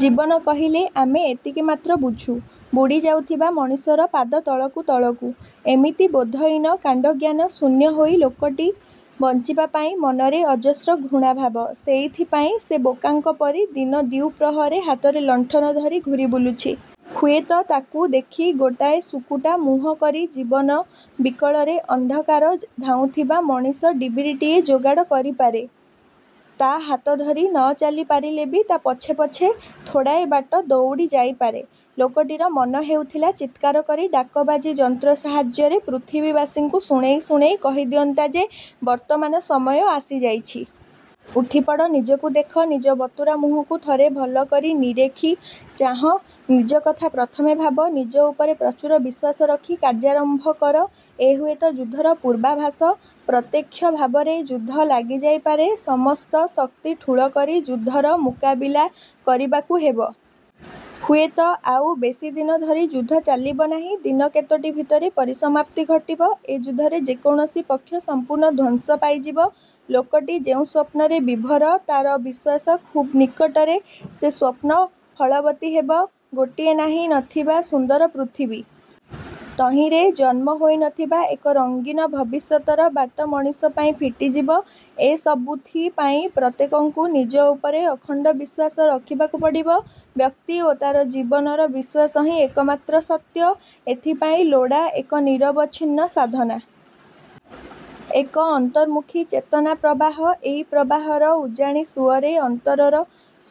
ଜୀବନ କହିଲେ ଆମେ ଏତିକି ମାତ୍ର ବୁଝୁ। ବୁଡ଼ି ଯାଉଥିବା ମଣିଷର ପାଦ ତଳକୁ ତଳକୁ। ଏମିତି ବୋଧହୀନ, କାଣ୍ଡଜ୍ଞାନ ଶୂନ୍ୟ ହୋଇ ଲୋକଟି ବଞ୍ଚିବା ପାଇଁ ମନରେ ଅଜସ୍ର ଘୃଣାଭାବ। ସେଇଥିପାଇଁ ସେ ବୋକାଙ୍କ ପରି ଦିନ ଦ୍ୱିପ୍ରହରେ ହାତରେ ଲଣ୍ଠନ ଧରି ଘୂରି ବୁଲୁଛି-। ହୁଏତ ତାକୁ ଦେଖି ଗୋଟାଏ ଶୁକୁଟା ମୁହଁ କରି ଜୀବନ ବିକଳରେ ଅନ୍ଧକାରରେ ଧାଉଁଥିବା ମଣିଷ ଡିବିରିଟିଏ ଯୋଗାଡ଼ କରିପାରେ। ତା' ହାତଧରି ନ ଚାଲି ପାରିଲେବି ତା' ପଛେପଛ ଥୋଡ଼ାଏ ବାଟ ଦଉଡ଼ି ଯାଇପାରେ। ଲୋକଟିର ମନ ହେଉଥିଲା ଚିତ୍କାର କରି ଡାକବାଜି ଯନ୍ତ୍ର ସାହାଯ୍ୟରେ ପୃଥିବୀବାସୀଙ୍କୁ ଶୁଣେଇ ଶୁଣେଇ କହି ଦିଅନ୍ତା ଯେ ''ବର୍ତ୍ତମାନ ସମୟ ଆସିଯାଇଛି-। ଉଠିପଡ଼! ନିଜକୁ ଦେଖ। ନିଜ ବତୁରା ମୁହଁକୁ ଥରେ ଭଲ କରି ନିରେଖି ଚାହଁ। ନିଜ କଥା ପ୍ରଥମେ ଭାବ। ନିଜ ଉପରେ ପ୍ରଚୁର ବିଶ୍ୱାସ ରଖି କାର୍ଯ୍ୟାରମ୍ଭ କର। ଏ ହୁଏତ ଯୁଦ୍ଧର ପୂର୍ବାଭାସ-! ପ୍ରତ୍ୟକ୍ଷ ଭାବରେ ଯୁଦ୍ଧ ଲାଗି ଯାଇପାରେ। ସମସ୍ତ ଶକ୍ତି ଠୁଳ କରି ଯୁଦ୍ଧର ମୁକାବିଲା କରିବାକୁ ହେବ।। ହୁଏତ ଆଉ ବେଶୀଦିନ ଧରି ଯୁଦ୍ଧ ଚାଲିବ ନାହିଁ। ଦିନ କେତୋଟି ଭିତରେ ପରିସମାପ୍ତି ଘଟିବ। ଏଯୁଦ୍ଧରେ ଯେକୌଣସି ପକ୍ଷ ସମ୍ପୂର୍ଣ୍ଣ ଧ୍ୱଂସ ପାଇଯିବ। '' ଲୋକଟି ଯେଉଁ ସ୍ୱପ୍ନରେ ବିଭୋର, ତା'ର ବିଶ୍ୱାସ ଖୁବ୍ ନିକଟରେ ସେ ସ୍ୱପ୍ନ ଫଳବତୀ ହେବ। ଗୋଟିଏ ନାହିଁ ନଥିବା ସୁନ୍ଦର ପୃଥିବୀ। ତହିଁରେ ଜନ୍ମ ହୋଇନଥିବା ଏକ ରଙ୍ଗୀନ ଭବିଷ୍ୟତର ବାଟ ମଣିଷ ପାଇଁ ଫିଟିଯିବ। ଏ ସବୁଥି ପାଇଁ ପ୍ରତ୍ୟେକଙ୍କୁ ନିଜ ଉପରେ ଅଖଣ୍ଡ ବିଶ୍ୱାସ ରଖିବାକୁ ପଡ଼ିବ। ବ୍ୟକ୍ତି ଓ ତା'ର ଜୀବନର ବିଶ୍ୱାସ ହିଁ ଏକମାତ୍ର ସତ୍ୟ। ଏଥିପାଇଁ ଲୋଡ଼ା ଏକ ନିରବଚ୍ଛିନ୍ନ ସାଧନା। ଏକ ଅନ୍ତର୍ମୁଖୀ ଚେତନା ପ୍ରବାହ। ଏଇ ପ୍ରବାହର ଉଜାଣି ସୁଅରେ ଅନ୍ତରର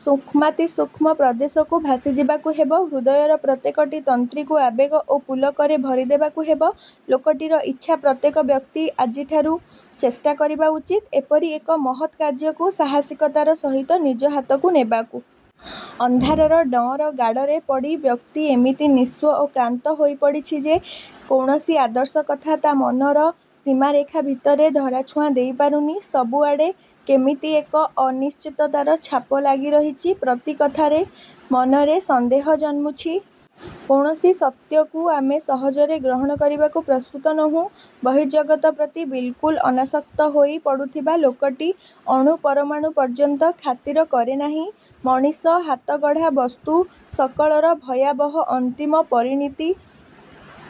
ସୂକ୍ଷ୍ମାତିସୂକ୍ଷ୍ମ ପ୍ରଦେଶକୁ ଭାସି ଯିବାକୁ ହେବ। ହୃଦୟର ପ୍ରତ୍ୟେକଟି ତନ୍ତ୍ରୀକୁ ଆବେଗ ଓ ପୁଲକରେ ଭରି ଦେବାକୁ ହେବ। ଲୋକଟିର ଇଚ୍ଛା ପ୍ରତ୍ୟେକ ବ୍ୟକ୍ତି ଆଜିଠାରୁ ଚେଷ୍ଟା କରିବା ଉଚିତ, ଏପରି ଏକ ମହତ୍ କାର୍ଯ୍ୟକୁ ସାହସୀକତାର ସହିତ ନିଜ ହାତକୁ ନେବାକୁ। ଅନ୍ଧାରର ଡଅଁର ଗାଡ଼ରେ ପଡ଼ି ବ୍ୟକ୍ତି ଏମିତି ନିଃସ୍ୱ ଓ କ୍ଳାନ୍ତ ହୋଇ ପଡ଼ିଛି ଯେ କୌଣସି ଆଦର୍ଶ କଥା ତା' ମନର ସୀମାରେଖା ଭିତରେ ଧରାଛୁଆଁ ଦେଇ ପାରୁନି। ସବୁଆଡ଼େ କେମିତି ଏକ ଅନିଶ୍ଚିତତାର ଛାପ ଲାଗି ରହିଛି। ପ୍ରତି କଥାରେ ମନରେ ସନ୍ଦେହ ଜନ୍ମୁଛି। କୌଣସି ସତ୍ୟକୁ ଆମେ ସହଜରେ ଗ୍ରହଣ କରିବାକୁ ପ୍ରସ୍ତୁତ ନୋହୁଁ। ବର୍ହିଃଜଗତ ପ୍ରତି ବିଲ୍କୁଲ୍ ଅନାସକ୍ତ ହୋଇ ପଡ଼ୁଥିବା ଲୋକଟି ଅଣୁପରମାଣୁ ପର୍ଯ୍ୟନ୍ତ ଖାତିର କରେ ନାହିଁ। ମଣିଷ ହାତଗଢ଼ା ବସ୍ତୁ ସକଳର ଭୟାବହ ଅନ୍ତିମ ପରିଣତି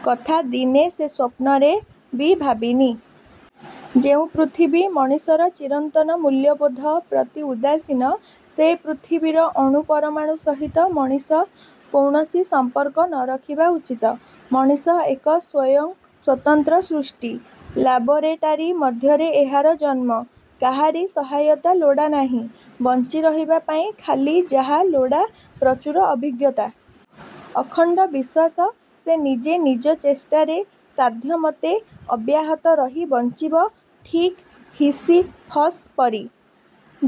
କଥା ଦିନେ ସେ ସ୍ୱପ୍ନରେ ବି ଭାବିନି। ଯେଉଁ ପୃଥିବୀ ମଣିଷର ଚିରନ୍ତନ ମୂଲ୍ୟବୋଧ ପ୍ରତି ଉଦାସୀନ, ସେ ପୃଥିବୀର ଅଣୁ ପରମାଣୁ ସହିତ ମଣିଷ କୌଣସି ସମ୍ପର୍କ ନରଖିବା ଉଚିତ। ମଣିଷ ଏକ ସ୍ୱୟଂ ସ୍ୱତନ୍ତ୍ର ସୃଷ୍ଟି। ଲାବୋରେଟାରୀ ମଧ୍ୟରେ ଏହାର ଜନ୍ମ। କାହାରି ସହାୟତା ଲୋଡ଼ାନାହିଁ। ବଞ୍ଚି ରହିବା ପାଇଁ ଖାଲି ଯାହା ଲୋଡ଼ା ପ୍ରଚୁର ଅଭିଜ୍ଞତା। ଅଖଣ୍ଡ ବିଶ୍ୱାସ। ସେ ନିଜେ ନିଜ ଚେଷ୍ଟାରେ ସାଧ୍ୟମତେ ଅବ୍ୟାହତ ରହି ବଞ୍ଚିବ, ଠିକ୍ ହିସିଫସ୍ ପରି।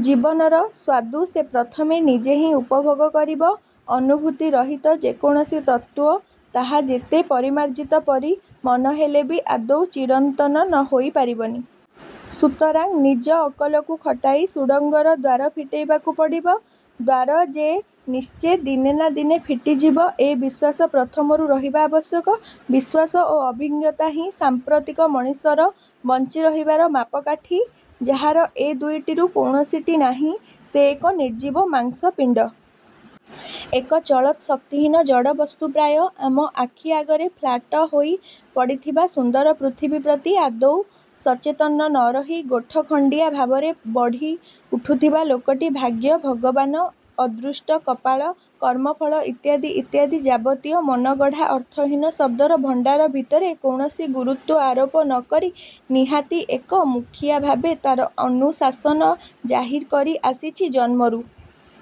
ଜୀବନର ସ୍ୱାଦୁ ସେ ପ୍ରଥମେ ନିଜେହିଁ ଉପଭୋଗ କରିବ। ଅନୁଭୂତି ରହିତ ଯେକୌଣସି ତତ୍ତ୍ୱ, ତାହା ଯେତେ ପରିମାର୍ଜିତ ପରି ମନେହେଲେ ବି ଆଦୌ ଚିରନ୍ତନ ହୋଇ ପାରିବନି। ସୁତରାଂ ନିଜ ଅକଲକୁ ଖଟାଇ ସୁଡ଼ଙ୍ଗର ଦ୍ୱାର ଫିଟେଇବାକୁ ପଡ଼ିବ। ଦ୍ୱାର ଯେ ନିଶ୍ଚେ ଦିନେ ନା ଦିନେ ଫିଟିଯିବ, ଏ ବିଶ୍ୱାସ ପ୍ରଥମରୁ ରହିବା ଆବଶ୍ୟକ। ବିଶ୍ୱାସ ଓ ଅଭିଜ୍ଞତା ହିଁ ସାଂପ୍ରତିକ ମଣିଷର ବଞ୍ଚି ରହିବାର ମାପକାଠି। ଯାହାର ଏ ଦୁଇଟିରୁ କୌଣସିଟି ନାହିଁ, ସେ ଏକ ନିର୍ଜୀବ ମାଂସପିଣ୍ଡ। ଏକ ଚଳତ୍ ଶକ୍ତିହୀନ ଜଡ଼ବସ୍ତୁ ପ୍ରାୟ। ଆମ ଆଖି ଆଗରେ ଫ୍ଲାଟ ହୋଇ ପଡ଼ିଥିବା ସୁନ୍ଦର ପୃଥିବୀ ପ୍ରତି ଆଦୌ ସଚେତନ ନରହି ଗୋଠଖଣ୍ଡିଆ ଭାବରେ ବଢ଼ି ଉଠୁଥିବା ଲୋକଟି ଭାଗ୍ୟ, ଭଗବାନ, ଅଦୃଷ୍ଟ କପାଳ, କର୍ମଫଳ ଇତ୍ୟାଦି ଇତ୍ୟାଦି ଯାବତୀୟ ମନଗଢ଼ା ଅର୍ଥହୀନ ଶବ୍ଦର ଭଣ୍ଡାର ଭିତରେ କୌଣସି ଗୁରୁତ୍ୱ ଆରୋପ ନକରି ନିହାତି ଏକ ମୁଖିଆ ଭାବେ ତା'ର ଅନୁଶାସନ ଜାହିର୍ କରି ଆସିଛି ଜନ୍ମରୁ।